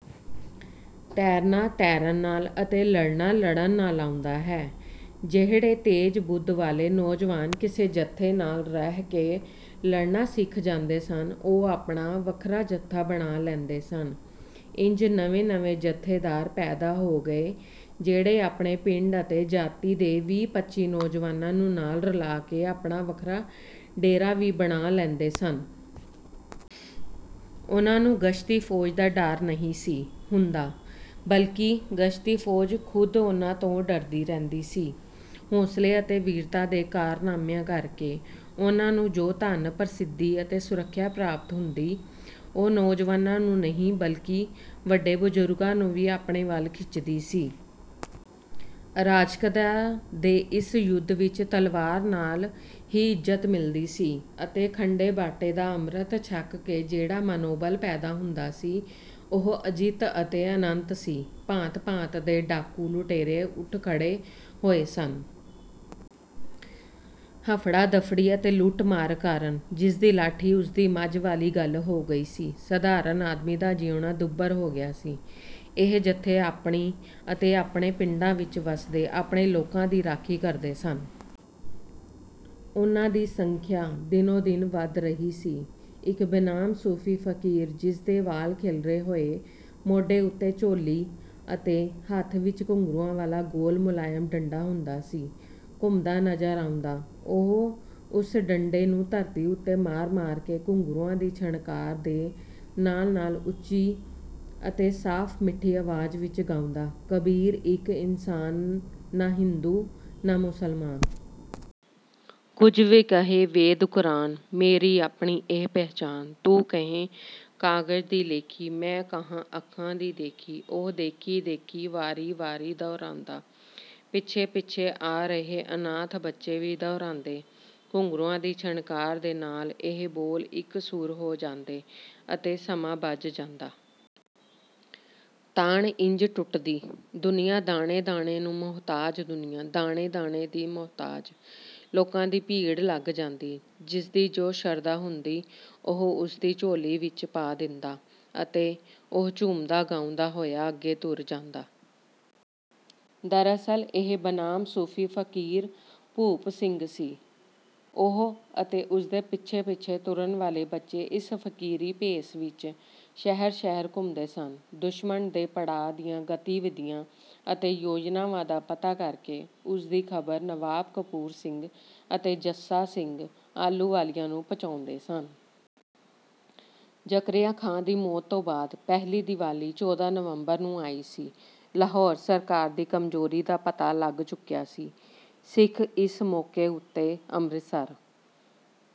ਤੈਰਨਾ ਤੈਰਨ ਨਾਲ ਅਤੇ ਲੜਨਾ ਲੜਨ ਨਾਲ ਆਉਂਦਾ ਹੈ। ਜਿਹੜੇ ਤੇਜ਼-ਬੁੱਧ ਵਾਲੇ ਨੌਜਵਾਨ ਕਿਸੇ ਜੱਥੇ ਨਾਲ ਰਹਿ ਕੇ ਲੜਨਾ ਸਿੱਖ ਜਾਂਦੇ ਸਨ ਉਹ ਆਪਣਾ ਵੱਖਰਾ ਜੱਥਾ ਬਣਾ ਲੈਂਦੇ ਸਨ। ਇੰਜ ਨਵੇਂ-ਨਵੇਂ ਜੱਥੇਦਾਰ ਪੈਦਾ ਹੋ ਗਏ ਜਿਹੜੇ ਆਪਣੇ ਪਿੰਡ ਅਤੇ ਜਾਤੀ ਦੇ ਵੀਹ-ਪੱਚੀ ਨੌਜਵਾਨਾਂ ਨੂੰ ਨਾਲ ਰਲਾ ਕੇ ਆਪਣਾ ਵੱਖਰਾ ਡੇਰਾ ਵੀ ਬਣਾ ਲੈਂਦੇ ਸਨ। ਉਹਨਾਂ ਨੂੰ ਗਸ਼ਤੀ ਫੌਜ ਦਾ ਡਰ ਨਹੀਂ ਸੀ ਹੁੰਦਾ ਬਲਕਿ ਗਸ਼ਤੀ ਫੌਜ ਖ਼ੁਦ ਉਹਨਾਂ ਤੋਂ ਡਰਦੀ ਰਹਿੰਦੀ ਸੀ। ਹੌਂਸਲੇ ਅਤੇ ਵੀਰਤਾ ਦੇ ਕਾਰਨਾਮਿਆਂ ਕਰਕੇ ਉਹਨਾਂ ਨੂੰ ਜੋ ਧਨ, ਪ੍ਰਸਿੱਧੀ ਅਤੇ ਸੁਰੱਖਿਆ ਪ੍ਰਾਪਤ ਹੁੰਦੀ ਉਹ ਨੌਜਵਾਨਾਂ ਨੂੰ ਹੀ ਨਹੀਂ ਬਲਕਿ ਵੱਡੇ ਬਜ਼ੁਰਗਾਂ ਨੂੰ ਵੀ ਆਪਣੇ ਵੱਲ ਖਿੱਚਦੀ ਸੀ। ਅਰਾਜਕਤਾ ਦੇ ਇਸ ਯੁੱਗ ਵਿੱਚ ਤਲਵਾਰ ਨਾਲ ਹੀ ਇੱਜ਼ਤ ਮਿਲਦੀ ਸੀ ਅਤੇ ਖੰਡੇ-ਬਾਟੇ ਦਾ ਅੰਮ੍ਰਿਤ ਛਕ ਕੇ ਜਿਹੜਾ ਮਨੋਬਲ ਪੈਦਾ ਹੁੰਦਾ ਸੀ ਉਹ ਅਜਿੱਤ ਅਤੇ ਅਨੰਤ ਸੀ। ਭਾਂਤ-ਭਾਂਤ ਦੇ ਡਾਕੂ-ਲੁਟੇਰੇ ਉੱਠ ਖੜ੍ਹੇ ਹੋਏ ਸਨ। ਹਫੜਾ-ਦਫੜੀ ਅਤੇ ਲੁੱਟ-ਮਾਰ ਕਾਰਨ "ਜਿਸਦੀ ਲਾਠੀ ਉਸਦੀ ਮੱਝ" ਵਾਲੀ ਗੱਲ ਹੋ ਗਈ ਸੀ। ਸਾਧਾਰਨ ਆਦਮੀ ਦਾ ਜਿਉਣਾ ਦੁੱਭਰ ਹੋ ਗਿਆ ਸੀ। ਇਹ ਜੱਥੇ ਆਪਣੀ ਅਤੇ ਆਪਣੇ ਪਿੰਡਾਂ ਵਿੱਚ ਵੱਸਦੇ ਆਪਣੇ ਲੋਕਾਂ ਦੀ ਰਾਖੀ ਕਰਦੇ ਸਨ। ਉਹਨਾਂ ਦੀ ਸੰਖਿਆ ਦਿਨੋਂ-ਦਿਨ ਵਧ ਰਹੀ ਸੀ। ਇੱਕ ਬੇਨਾਮ ਸੂਫੀ ਫਕੀਰ ਜਿਸਦੇ ਵਾਲ ਖਿੱਲਰੇ ਹੋਏ ਮੋਢੇ ਉੱਤੇ ਝੋਲੀ ਅਤੇ ਹੱਥ ਵਿੱਚ ਘੁੰਗਰੂਆਂ ਵਾਲਾ ਗੋਲ ਮੁਲਾਇਮ ਡੰਡਾ ਹੁੰਦਾ ਸੀ ਘੁੰਮਦਾ ਨਜ਼ਰ ਆਉਂਦਾ। ਉਹ ਉਸ ਡੰਡੇ ਨੂੰ ਧਰਤੀ ਉੱਤੇ ਮਾਰ-ਮਾਰ ਕੇ ਘੁੰਗਰੂਆਂ ਦੀ ਛਣਕਾਰ ਦੇ ਨਾਲ-ਨਾਲ ਉੱਚੀ ਅਤੇ ਸਾਫ਼-ਮਿੱਠੀ ਆਵਾਜ਼ ਵਿੱਚ ਗਾਉਂਦਾ, "ਕਬੀਰ ਇੱਕ ਇਨਸਾਨ ਨਾ ਹਿੰਦੂ ਨਾ ਮੁਸਲਮਾਨ। ਕੁਝ ਵੀ ਕਹੇ ਵੇਦ ਕੁਰਾਨ ਮੇਰੀ ਆਪਣੀ ਇਹ ਪਹਿਚਾਨ। ਤੂੰ ਕਹੇਂ ਕਾਗਜ਼ ਦੀ ਲੇਖੀ ਮੈਂ ਕਹਾਂ ਅੱਖਾਂ ਦੀ ਦੇਖੀ।" ਉਹ "ਦੇਖੀ-ਦੇਖੀ" ਵਾਰੀ-ਵਾਰੀ ਦੁਹਰਾਉਂਦਾ ਪਿੱਛੇ-ਪਿੱਛੇ ਆ ਰਹੇ ਅਨਾਥ ਬੱਚੇ ਵੀ ਦੁਹਰਾਉਂਦੇ। ਘੁੰਗਰੂਆਂ ਦੀ ਛਣਕਾਰ ਦੇ ਨਾਲ ਇਹ ਬੋਲ ਇਕਸੁਰ ਹੋ ਜਾਂਦੇ ਅਤੇ ਸਮਾਂ ਬੱਝ ਜਾਂਦਾ। ਤਾਣ ਇੰਜ ਟੁੱਟਦੀ "ਦੁਨੀਆਂ ਦਾਣੇ-ਦਾਣੇ ਨੂੰ ਮੁਹਤਾਜ ਦੁਨੀਆਂ ਦਾਣੇ-ਦਾਣੇ ਦੀ ਮੁਹਤਾਜ"। ਲੋਕਾਂ ਦੀ ਭੀੜ ਲੱਗ ਜਾਂਦੀ। ਜਿਸਦੀ ਜੋ ਸ਼ਰਧਾ ਹੁੰਦੀ ਉਹ ਉਸਦੀ ਝੋਲੀ ਵਿੱਚ ਪਾ ਦਿੰਦਾ ਅਤੇ ਉਹ ਝੂਮਦਾ-ਗਾਉਂਦਾ ਹੋਇਆ ਅੱਗੇ ਤੁਰ ਜਾਂਦਾ। ਦਰਅਸਲ ਇਹ ਬੇਨਾਮ ਸੂਫੀ ਫਕੀਰ ਭੂਪ ਸਿੰਘ ਸੀ। ਉਹ ਅਤੇ ਉਸਦੇ ਪਿੱਛੇ-ਪਿੱਛੇ ਤੁਰਨ ਵਾਲੇ ਬੱਚੇ ਇਸ ਫਕੀਰੀ ਭੇਸ ਵਿੱਚ ਸ਼ਹਿਰ-ਸ਼ਹਿਰ ਘੁੰਮਦੇ ਸਨ ਦੁਸ਼ਮਣ ਦੇ ਪੜਾਅ ਦੀਆਂ ਗਤੀਵਿਧੀਆਂ ਅਤੇ ਯੋਜਨਾਵਾਂ ਦਾ ਪਤਾ ਕਰਕੇ ਉਸ ਦੀ ਖ਼ਬਰ ਨਵਾਬ ਕਪੂਰ ਸਿੰਘ ਅਤੇ ਜੱਸਾ ਸਿੰਘ ਆਹਲੂਵਾਲੀਆ ਨੂੰ ਪਹੁੰਚਾਉਂਦੇ ਸਨ। ਜ਼ਕਰੀਆ ਖਾਂ ਦੀ ਮੌਤ ਤੋਂ ਬਾਅਦ ਪਹਿਲੀ ਦੀਵਾਲੀ ਚੌਦਾਂ ਨਵੰਬਰ ਨੂੰ ਆਈ। ਲਾਹੌਰ ਸਰਕਾਰ ਦੀ ਕਮਜ਼ੋਰੀ ਦਾ ਪਤਾ ਲੱਗ ਚੁੱਕਿਆ ਸੀ। ਸਿੱਖ ਇਸ ਮੌਕੇ ਉੱਤੇ ਅੰਮ੍ਰਿਤਸਰ